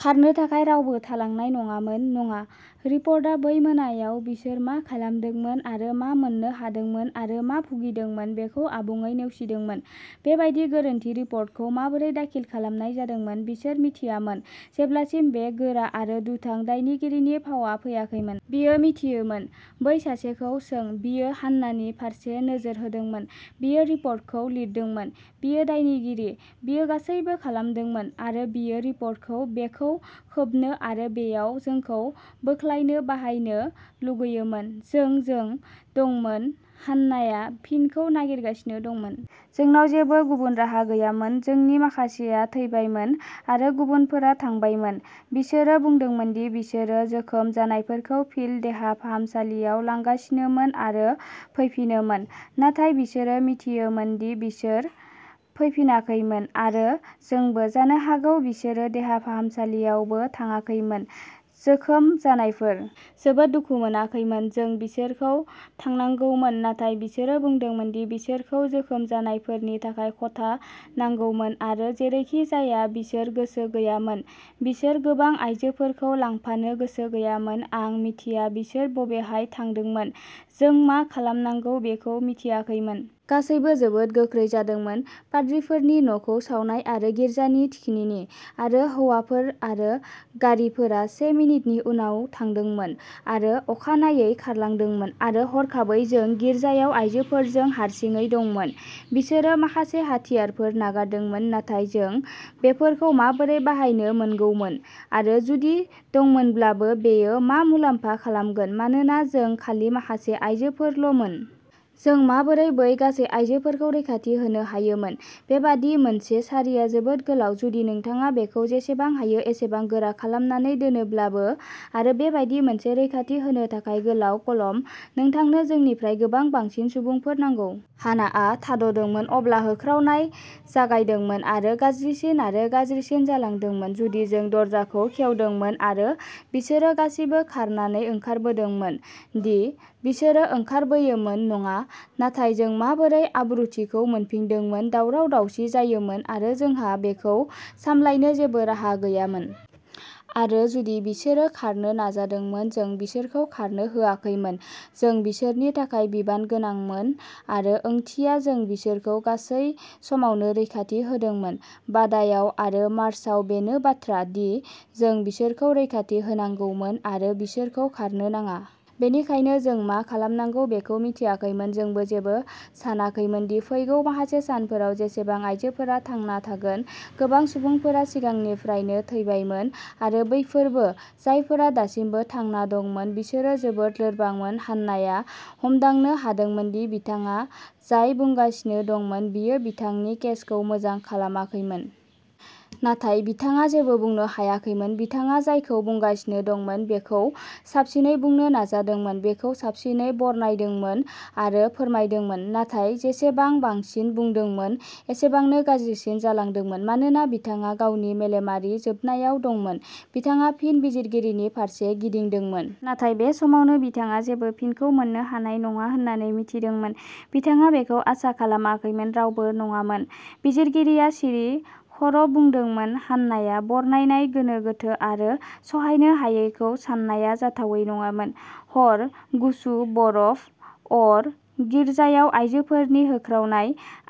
खारनो थाखाय रावबो थालांनाय नङामोन। नङा, रिपर्टआ बै मोनायाव बिसोर मा खालामदोंमोन आरो मा मोन्नो हादोंमोन आरो मा भुगिदोंमोन बेखौ आबुङै नेवसिदोंमोन। बेबादि गोरोन्थि रिपर्टखौ माबोरै दाखिल खालामनाय जादोंमोन? बिसोर मिथियामोन। जेब्लासिम बे गोरा आरो दुथां दायनिगिरिनि फावआ फैयाखैमोन। बियो मिथियोमोन। बै सासेखौ सों बियो हान्नानि फारसे नोजोर होदोंमोन। बियो रिपर्टखौ लिरदोंमोन। बियो दायनिगिरि, बियो गासैबो खालामदोंमोन, आरो बियो रिपर्टखौ बेखौ खोबनो आरो बेयाव जोंखौ बोख्लायनो बाहायनो लुगैयोमोन। जों, जों दंमोन हान्नाया फिनखौ नागिरगासिनो दंमोन। जोंनाव जेबो गुबुन राहा गैयामोन। जोंनि माखासेआ थैबायमोन, आरो गुबुनफोरा थांबायमोन। बिसोरो बुंदोंमोन दि बिसोरो जोखोम जानायफोरखौ फिल्ड देहा फाहामसालियाव लांगासिनोमोन आरो फैफिनोमोन, नाथाय बिसोरो मिथियोमोन दि बिसोर फैफिनाखैमोन, आरो जोंबो। जानो हागौ बिसोरो देहा फाहामसालियावबो थांआखैमोन, जोखोम जानायफोर। जोबोद दुखु मोनाखैमोन। जों बिसोरजों थांनांगौमोन, नाथाय बिसोरो बुंदोंमोन दि बिसोरखौ जोखोम जानायफोरनि थाखाय खथा नांगौमोन, आरो जेरैखिजाया बिसोर गोसो गैयामोन बिसोर गोबां आयजोफोरखौ लांफानो गोसो गैयामोन। आं मिथिया बिसोर बबेहाय थांदोंमोन। जों मा खालामनांगौ बेखौ मिथियाखैमोन। गासैबो जोबोद गोख्रै जादोंमोन, पाद्रिफोरनि न'खौ सावनाय आरो गिर्जानि थिखिनि, आरो हौवाफोर आरो गारिफोरा से मिनिटनि उनाव थांदोंमोन आरो अखानायै खारलांदोंमोन, आरो हरखाबै जों गिर्जायाव आइजोफोरजों हारसिङै दंमोन। बिसोरो माखासे हाथियारफोर नागारदोंमोन, नाथाय जों बेफोरखौ माबोरै बाहायनो मोनगौमोन, आरो जुदि दंमोनब्लाबो, बेयो मा मुलाम्फा खालामगोन, मानोना जों खालि माखासे आइजोफोरल'मोन? जों माबोरै बै गासै आयजोफोरखौ रैखाथि होनो हायोमोन? बेबादि मोनसे सारिआ जोबोद गोलाव, जुदि नोंथाङा बेखौ जेसेबां हायो एसेबां गोरा खालामनानै दोनोब्लाबो, आरो बेबादि मोनसे रैखाथि होनो थाखाय। गोलाव कलम, नोंथांनो जोंनिख्रुइ गोबां बांसिन सुबुंफोर नांगौ। हानाआ थाद'दोंमोन। अब्ला होख्रावनाय जागायदोंमोन आरो गाज्रिसिन आरो गाज्रिसिन जालांदोंमोन। जुदि जों दरजाखौ खेवदोंमोन आरो बिसोरो गासिबो खारनानै ओंखारबोदोंमोन दि बिसोरो ओंखारबोयोमोन नङा, नाथाय जों माबोरै आब्रुथिखौ मोनफिनदोंमोन? दावराव-दावसि जायोमोन, आरो जोंहा बेखौ सामलायनो जेबो राहा गैयामोन। आरो जुदि बिसोरो खारनो नाजादोंमोन जों बिसोरखौ खारनो होआखैमोन। जों बिसोरनि थाखाय बिबान गोनांमोन आंनि ओंथिया, जों बिसोरखौ गासै समावनो रैखाथि होदोंमोन, बादायाव आरो मार्चआव, बेनो बाथ्रा, दि जों बिसोरखौ रैखाथि होनांगौमोन आरो बिसोरखौ खारनो नाङा। बेनिखायनो जों मा खालामनांगौ बेखौ मिथियाखैमोन। जोंबो जेबो सानाखैमोन दि फैगौ माखासे सानफोराव बेसेबां आइजोफोरा थांना थागोन। गोबां सुबुंफोरा सिगांनिफ्रायनो थैबायमोन, आरो बैफोरबो। जायफोरा दासिमबो थांना दंमोन बिसोरो जोबोद लोरबांमोन हान्नाया हमदांनो हादोंमोन दि बिथाङा जाय बुंगासिनो दंमोन बियो बिथांनि केसखौ मोजां खालामाखैमोन। नाथाय बिथाङा जेबो बुंनो हायाखैमोन। बिथाङा जायखौ बुंगासिनो दंमोन बेखौ साबसिनै बुंनो नाजादोंमोन, बेखौ साबसिनै बरनायदोंमोन आरो फोरमायदोंमोन। नाथाय जेसेबां बांसिन बुंदोंमोन, एसेबांनो गाज्रिसिन जादोंमोन। मानोना बिथाङा गावनि मेलेमारि जोबनायाव दंमोन, बिथाङा फिन बिजिरगिरिनि फारसे गिदिंदोंमोन। नाथाय बे समाव बिथाङा जेबो फिनखौ मोन्नो हानाय नङा होन्ना मिथिदोंमोन। बिथाङा बेखौ आसा खालामाखैमोन। रावबो नङामोन। बिजिरगिरिया सिरि खर'बुदोंमोन। हान्नाया बरनायनाय गोनो-गोथो आरो सहायनो हायैखौ साननाया जाथावै नङामोन। हर, गुसु, बरफ, अर, गिर्जायाव आयजोफोरनि होख्रावनाय,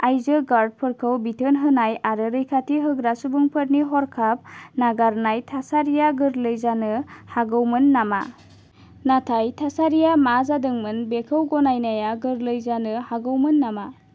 आयजो गार्डफोरखौ बिथोन होनाय आरो रैखाथि होग्रा सुबुंफोरनि हरखाब नागारनाय थासारिया गोरलै जानो हागौमोन नामा? नाथाय थासारिया मा जादोंमोन बेखौ गनायनाया गोरलै जानो हागौमोन नामा?